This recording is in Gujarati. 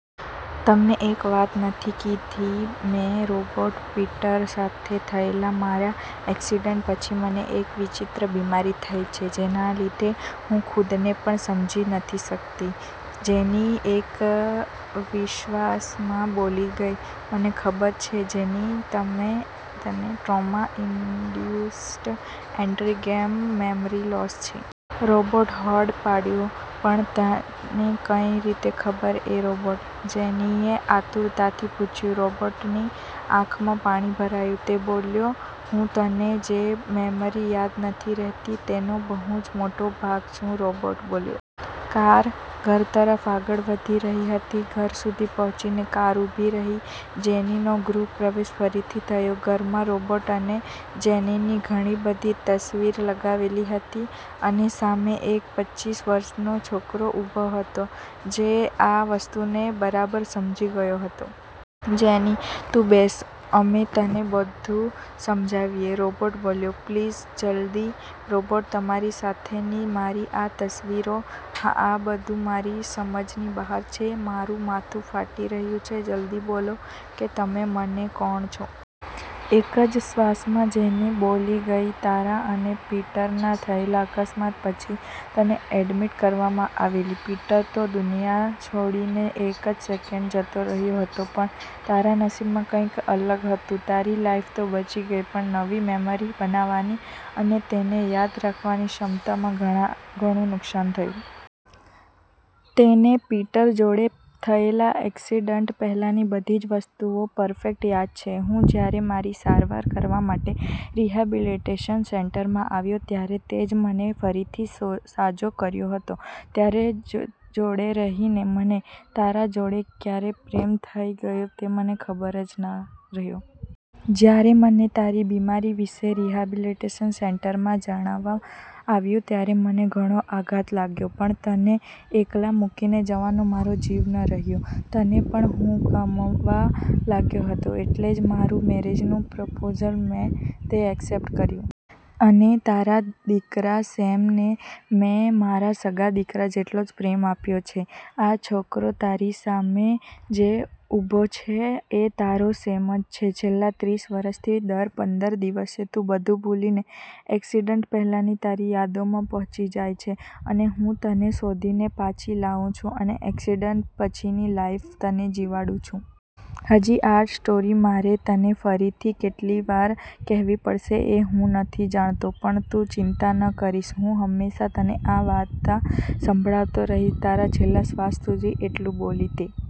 "તમને એક વાત નથી કીધી મે રૉબર્ટ, પીટર સાથે થયેલા મારા એક્સિડન્ટ પછી મને એક વિચિત્ર બીમારી થઈ છે. જેના લીધે હું ખુદને પણ સમજી નથી શકતી." જેની એક વિશ્વાસમાં બોલી ગઈ. "મને ખબર છે જેની, તને trauma induced anterograde memory loss છે." રૉબર્ટે ફોડ પાડ્યો. "પણ તને કઈ રીતે ખબર એ રૉબર્ટ?" જેનીએ આતુરતાથી પૂછયું. રોબર્ટની આંખમાં પાણી ભરાયું, તે બોલ્યો, "હું તને જે મેમરી યાદ નથી રહેતી, તેનો બહુ જ મોટો ભાગ છું." રૉબર્ટ બોલ્યો. કાર ઘર તરફ આગળ વધી રહી હતી, ઘર સુધી પહોંચીને કાર ઊભી રહી. જેનીનો ગૃહ પ્રવેશ ફરીથી થયો. ઘરમાં રોબર્ટ અને જેનીની ઘણી બધી તસવીર લગાવેલી હતી, અને સામે એક પચ્ચીસ વર્ષનો છોકરો ઊભો હતો, જે આ વસ્તુને બરાબર સમજી ગયો હતો. "જેની, તુ બેસ, અમે તને બધું સમજાવીએ." રૉબર્ટ બોલ્યો. "પ્લીઝ, જલ્દી. રૉબર્ટ તારી સાથેની મારી આ તસવીરો? આ બધું મારી સમજની બહાર છે, મારું માથું ફાટી રહ્યું છે, જલ્દી બોલો કે તમે બંને કોણ છો?" એક જ શ્વાસમાં જેની બોલી ગઈ. "તારા અને પીટરના થયેલા અકસ્માત પછી તને એડમીટ કરવામાં આવેલી. પીટર તો દુનિયા છોડીને એજ સેકન્ડે જતો રહ્યો હતો. પણ, તારા નસીબમાં કંઈક અલગ હતું. તારી લાઈફ તો બચી ગઈ, પણ નવી મેમરી બનાવવાની અને તેને યાદ રાખવાની ક્ષમતામાં ઘણું નુકશાન થયું. તને પીટર જોડે થયેલા એકસીડન્ટ પહેલાની બધી જ વસ્તુઓ પરફેક્ટ યાદ છે, હું જ્યારે મારી સારવાર કરવા માટે રિહેબિલિટેશન સેન્ટરમાં આવ્યો, ત્યારે તેજ મને ફરીથી સાજો કર્યો હતો. તારી જોડે રહીને મને તારા જોડે ક્યારે પ્રેમ થઇ ગયો તે મને ખ્યાલ જ ના રહ્યો. જ્યારે મને તારી બીમારી વિશે રિહેબિલિટેશન સેન્ટરમાં જણાવવામાં આવ્યું ત્યારે મને ઘણો આઘાત લાગ્યો. પણ તને એકલા મૂકીને જવાનો મારો જીવ ન ચાલ્યો. તને પણ હું ગમવા લાગ્યો હતો, એટલે જ મારા મેરેજનું પ્રપોઝલ તે એક્સેપ્ટ કર્યું. અને તારા દિકરા 'સેમ' ને મેં મારા સગા દીકરા જેટલો જ પ્રેમ આપ્યો છે. આ છોકરો તારી સામે જે ઊભો છે એ તારો સેમ જ છે. છેલ્લા ત્રીસ વર્ષથી દર પંદર દિવસે તુ બધુ ભૂલીને એક્સિડન્ટ પહેલાની તારી યાદોમાં પહોંચી જાય છે, અને હું તને શોધીને પાછી લાવુ છું, અને એક્સિડન્ટ પછીની લાઈફ તને જીવાડું છું. હજી આ સ્ટોરી મારે તને ફરીથી કેટલી વાર કહેવી પડશે એ હું નથી જાણતો. પણ તું ચિંતા ના કરીશ, હું હંમેશા તને આ વાર્તા સંભળાવતો રહીશ, મારા છેલ્લા શ્વાસ સુધી." આટલું બોલી તે